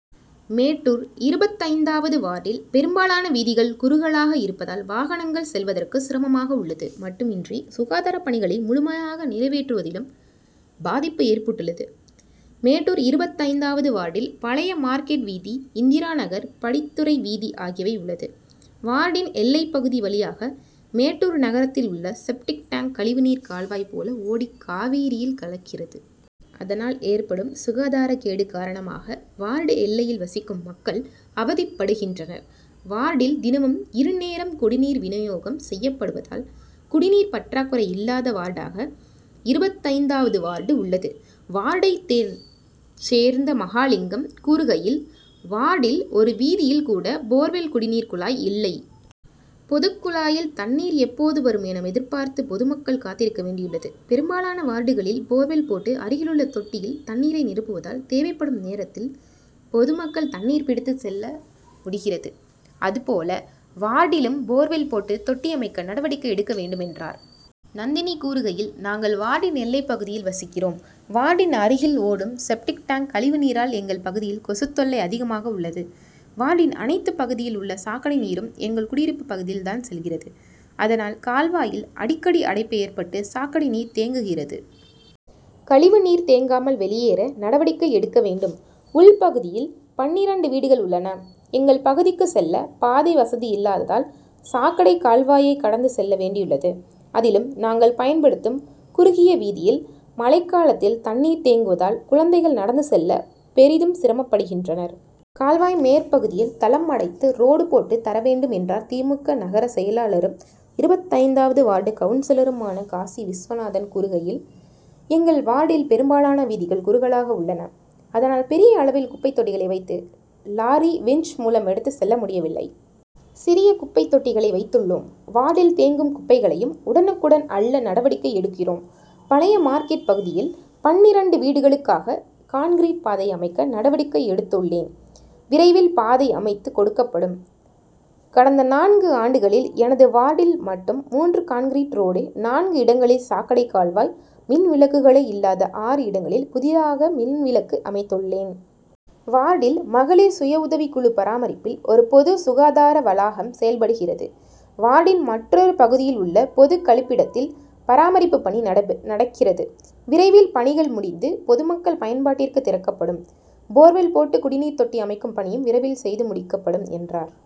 மேட்டூர் இருபத்தைந்தாவது வார்டில் பெரும்பாலான வீதிகள் குறுகலாக இருப்பதால் வாகனங்கள் செல்வதற்கு சிரமமாக உள்ளது மட்டுமின்றி சுகாதார பணிகளை முழுமையாக நிறைவேற்றுவதிலும் பாதிப்பு ஏற்பட்டுள்ளது. மேட்டூர் இருபத்தைந்தாவது வார்டில் பழைய மார்க்கெட் வீதி, இந்திரா நகர், படித்துறை வீதி ஆகியவை உள்ளது. வார்டின் எல்லைப்பகுதி வழியாக மேட்டூர் நகரத்தில் உள்ள செப்டிக்-டேங்க் கழிவுநீர் கால்வாய் போல ஓடி காவிரியில் கலக்கிறது. அதனால், ஏற்படும் சுகாதார கேடு காரணமாக வார்டு எல்லையில் வசிக்கும் மக்கள் அவதிப்படுகின்றனர். வார்டில் தினமும் இருநேரம் குடிநீர் விநியோகம் செய்யப்படுவதால், குடிநீர் பற்றாக்குறை இல்லாத வார்டாக இருபத்தைந்தாவது வார்டு உள்ளது. வார்டை சேர்ந்த மகாலிங்கம் கூறுகையில், வார்டில் ஒரு வீதியில் கூட போர்வெல் குடிநீர் குழாய் இல்லை. பொதுகுழாயில் தண்ணீர் எப்போது வரும் என எதிர்பார்த்து பொதுமக்கள் காத்திருக்க வேண்டியுள்ளது. பெரும்பாலான வார்டுகளில் போர்வெல் போட்டு, அருகிலுள்ள தொட்டியில் தண்ணீரை நிரப்புவதால், தேவைப்படும் நேரத்தில் பொதுமக்கள் தண்ணீர் பிடித்து செல்ல முடிகிறது. அதுபோல வார்டிலும் போர்வெல் போட்டு தொட்டி அமைக்க நடவடிக்கை எடுக்க வேண்டும், என்றார். நந்தினி கூறுகையில், நாங்கள் வார்டின் எல்லைப்பகுதியில் வசிக்கிறோம். வார்டின் அருகில் ஓடும் செப்டிக்-டேங்க் கழிவுநீரால் எங்கள் பகுதியில் கொசுத்தொல்லை அதிகமாக உள்ளது. வார்டின் அனைத்து பகுதியில் உள்ள சாக்கடை நீரும் எங்கள் குடியிருப்பு பகுதியில் தான் செல்கிறது. அதனால், கால்வாயில் அடிக்கடி அடைப்பு ஏற்பட்டு சாக்கடை நீர் தேங்குகிறது. கழிவுநீர் தேங்காமல் வெளியேற நடவடிக்கை எடுக்க வேண்டும், உள்பகுதியில் பன்னிரண்டு வீடுகள் உள்ளன. எங்கள் பகுதிக்கு செல்ல பாதை வசதி இல்லாததால், சாக்கடை கால்வாயை கடந்து செல்ல வேண்டியுள்ளது. அதிலும் நாங்கள் பயன்படுத்தும் குறுகிய வீதியில் மழைக்காலத்தில் தண்ணீர் தேங்குவதால் குழந்தைகள் நடந்து செல்ல பெரிதும் சிரமப்படுகின்றனர். கால்வாய் மேற்பகுதியில் தளம் அடைத்து ரோடு போட்டு தர வேண்டும், என்றார். தி. மு. க., நகர செயலாளரும், இருபத்தைந்தாவது வார்டு கவுன்சிலருமான காசி விஸ்வநாதன் கூறுகையில், எங்கள் வார்டில் பெரும்பாலான வீதிகள் குறுகலாக உள்ளன. அதனால், பெரிய அளவில் குப்பை தொட்டிகளை வைத்து லாரி விஞ்ச் மூலம் எடுத்து செல்ல முடியவில்லை. சிறிய குப்பை தொட்டிகளை வைத்துள்ளோம். வார்டில் தேங்கும் குப்பைகளையும் உடனுக்குடன் அள்ள நடவடிக்கை எடுக்கிறோம். பழைய மார்க்கெட் பகுதியில் பன்னிரண்டு வீடுகளுக்காக கான்கிரீட் பாதை அமைக்க நடவடிக்கை எடுத்துள்ளேன். விரைவில் பாதை அமைத்து கொடுக்கப்படும். கடந்த நான்கு ஆண்டுகளில் எனது வார்டில் மட்டும் மூன்று கான்கிரீட் ரோடு, நான்கு இடங்களில் சாக்கடை கால்வாய், மின் விளக்குகளே இல்லாத ஆறு இடங்களில் புதிதாக மின்விளக்கு அமைத்துள்ளேன். வார்டில் மகளிர் சுய உதவி குழு பராமரிப்பில் ஒரு பொது சுகாதார வளாகம் செயல்படுகிறது. வார்டின் மற்றொரு பகுதியில் உள்ள பொதுகழிப்பிடத்தில் பராமரிப்பு பணி நடக்கிறது. விரைவில் பணிகள் முடிந்து பொதுமக்கள் பயன்பாட்டிற்கு திறக்கப்படும். போர்வெல் போட்டு குடிநீர் தொட்டி அமைக்கும் பணியும் விரைவில் செய்து முடிக்கப்படும், என்றார்.